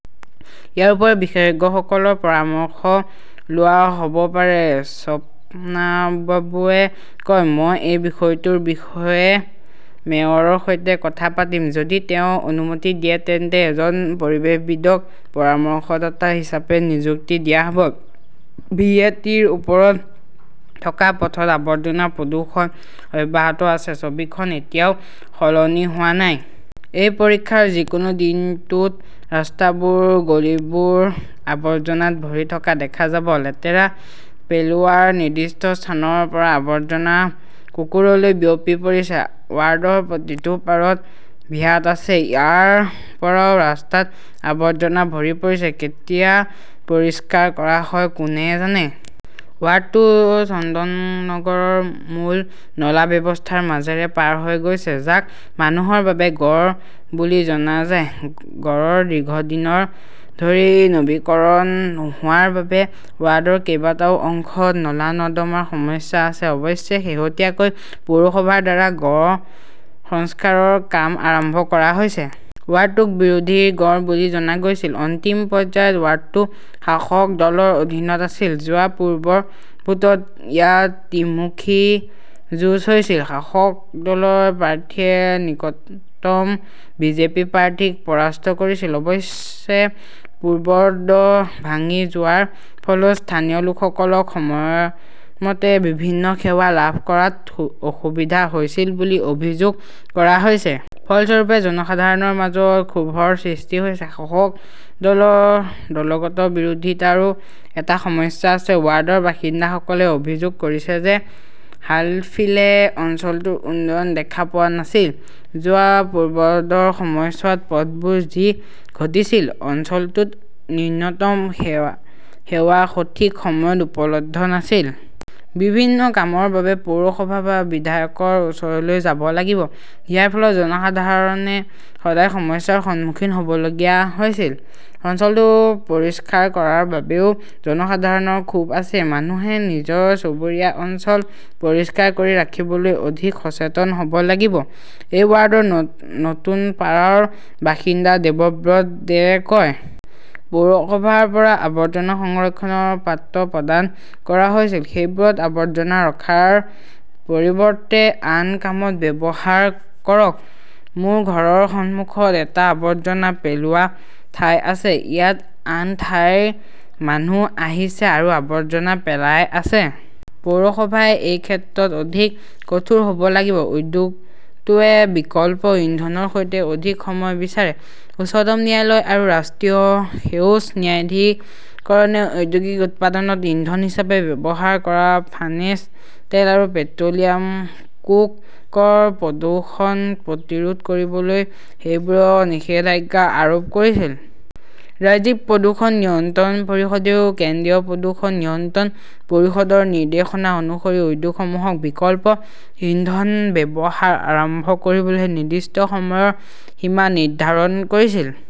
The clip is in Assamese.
ইয়াৰ উপৰিও বিশেষজ্ঞসকলৰ পৰামৰ্শ লোৱা হ'ব পাৰে। স্বপ্নাবুবে কয়, মই এই বিষয়টোৰ বিষয়ে মেয়ৰৰ সৈতে কথা পাতিম। যদি তেওঁ অনুমতি দিয়ে তেন্তে এজন পৰিৱেশবিদক পৰামৰ্শদাতা হিচাপে নিযুক্তি দিয়া হ'ব। ভি. এ. টি. -ৰ ওপৰত থকা পথত আৱৰ্জনা, প্ৰদূষণ অব্যাহত আছে, ছবিখন এতিয়াও সলনি হোৱা নাই। এই পৰীক্ষাৰ যিকোনো দিনটোত, ৰাস্তাবোৰ, গলিবোৰ আৱৰ্জনাত ভৰি থকা দেখা যাব। লেতেৰা পেলোৱাৰ নিৰ্দিষ্ট স্থানৰ পৰা আৱৰ্জনা কুকুৰলৈ বিয়পি পৰিছে। ৱাৰ্ডৰ প্ৰতিটো পাৰত ভ্যাট আছে। ইয়াৰ পৰাও ৰাস্তাত আৱৰ্জনা ভৰি পৰিছে। কেতিয়া পৰিষ্কাৰ কৰা হয় কোনে জানে! ৱাৰ্ডটো চন্দননগৰৰ মূল নলা ব্যৱস্থাৰ মাজেৰে পাৰ হৈ গৈছে। যাক মানুহৰ বাবে গড় বুলি জনা যায়। গড়ৰ দীৰ্ঘদিন ধৰি নৱীকৰণ নোহোৱাৰ বাবে ৱাৰ্ডৰ কেইবাটাও অংশত নলা-নৰ্দমাৰ সমস্যা আছে। অৱশ্যে, শেহতীয়াকৈ পৌৰসভাৰ দ্বাৰা গড় সংস্কাৰৰ কাম আৰম্ভ কৰা হৈছে। ৱাৰ্ডটোক বিৰোধীৰ গড় বুলি জনা গৈছিল। অন্তিম পৰ্যায়ত ৱাৰ্ডটো শাসক দলৰ অধীনত আছিল। যোৱা পূৰ্বৰ ভোটত ইয়াত ত্ৰিমুখী যুঁজ হৈছিল। শাসক দলৰ প্ৰাৰ্থীয়ে নিকটতম বিজেপি প্ৰাৰ্থীক পৰাস্ত কৰিছিল। অৱশ্যে, পুৰবৰ্ড ভাঙি যোৱাৰ ফলত স্থানীয় লোকসকলক সময়মতে বিভিন্ন সেৱা লাভ কৰাত অসুবিধা হৈছিল বুলি অভিযোগ কৰা হৈছে। ফলস্বৰূপে, জনসাধাৰণৰ মাজত ক্ষোভৰ সৃষ্টি হৈছে। শাসক দলৰ দলগত বিৰোধিতাৰো এটা সমস্যা আছে। ৱাৰ্ডৰ বাসিন্দাসকলে অভিযোগ কৰিছে যে হালফিলে অঞ্চলটোৰ উন্নয়ন দেখা পোৱা নাছিল। যোৱা পুৰবৰ্ডৰ সময়ছোৱাত পথবোৰ যি ঘটিছিল। অঞ্চলটোত ন্যূনতম সেৱা সঠিক সময়ত উপলব্ধ নাছিল। বিভিন্ন কামৰ বাবে পৌৰসভা বা বিধায়কৰ ওচৰলৈ যাব লাগিব। ইয়াৰ ফলত জনসাধাৰণে সদায় সমস্যাৰ সন্মুখীন হ'বলগীয়া হৈছিল। অঞ্চলটো পৰিষ্কাৰ কৰাৰ বাবেও জনসাধাৰণৰ ক্ষোভ আছে। মানুহে নিজৰ চুবুৰীয়া অঞ্চল পৰিষ্কাৰ কৰি ৰাখিবলৈ অধিক সচেতন হ'ব লাগিব, এই ৱাৰ্ডৰ নতুনপাৰাৰ বাসিন্দা দেৱব্ৰত দেয়ে কয়। পৌৰসভাৰ পৰা আৱৰ্জনা সংৰক্ষণৰ পাত্ৰ প্ৰদান কৰা হৈছিল। সেইবোৰত আৱৰ্জনা ৰখাৰ পৰিৱৰ্তে আন কামত ব্যৱহাৰ কৰক। মোৰ ঘৰৰ সন্মুখত এটা আৱৰ্জনা পেলোৱা ঠাই আছে। ইয়াত আন ঠাইৰ মানুহ আহিছে আৰু আৱৰ্জনা পেলাই আছে। পৌৰসভাই এই ক্ষেত্ৰত অধিক কঠোৰ হ'ব লাগিব। উদ্যোগটোৱে বিকল্প ইন্ধনৰ সৈতে অধিক সময় বিচাৰে, উচ্চতম ন্যায়ালয় আৰু ৰাষ্ট্ৰীয় সেউজ ন্যায়াধিকৰণে ঔদ্যোগিক উৎপাদনত ইন্ধন হিচাপে ব্যৱহাৰ কৰা ফাৰ্নেচ তেল আৰু পেট্ৰ'লিয়াম কোক ৰ প্ৰদূষণ প্ৰতিৰোধ কৰিবলৈ সেইবোৰত নিষেধাজ্ঞা আৰোপ কৰিছিল। ৰাজ্যিক প্ৰদূষণ নিয়ন্ত্ৰণ পৰিষদেও কেন্দ্ৰীয় প্ৰদূষণ নিয়ন্ত্ৰণ পৰিষদৰ নিৰ্দেশনা অনুসৰি উদ্যোগসমূহক বিকল্প ইন্ধন ব্যৱহাৰ আৰম্ভ কৰিবলৈ নিৰ্দিষ্ট সময়ৰ সীমা নিৰ্ধাৰণ কৰিছিল।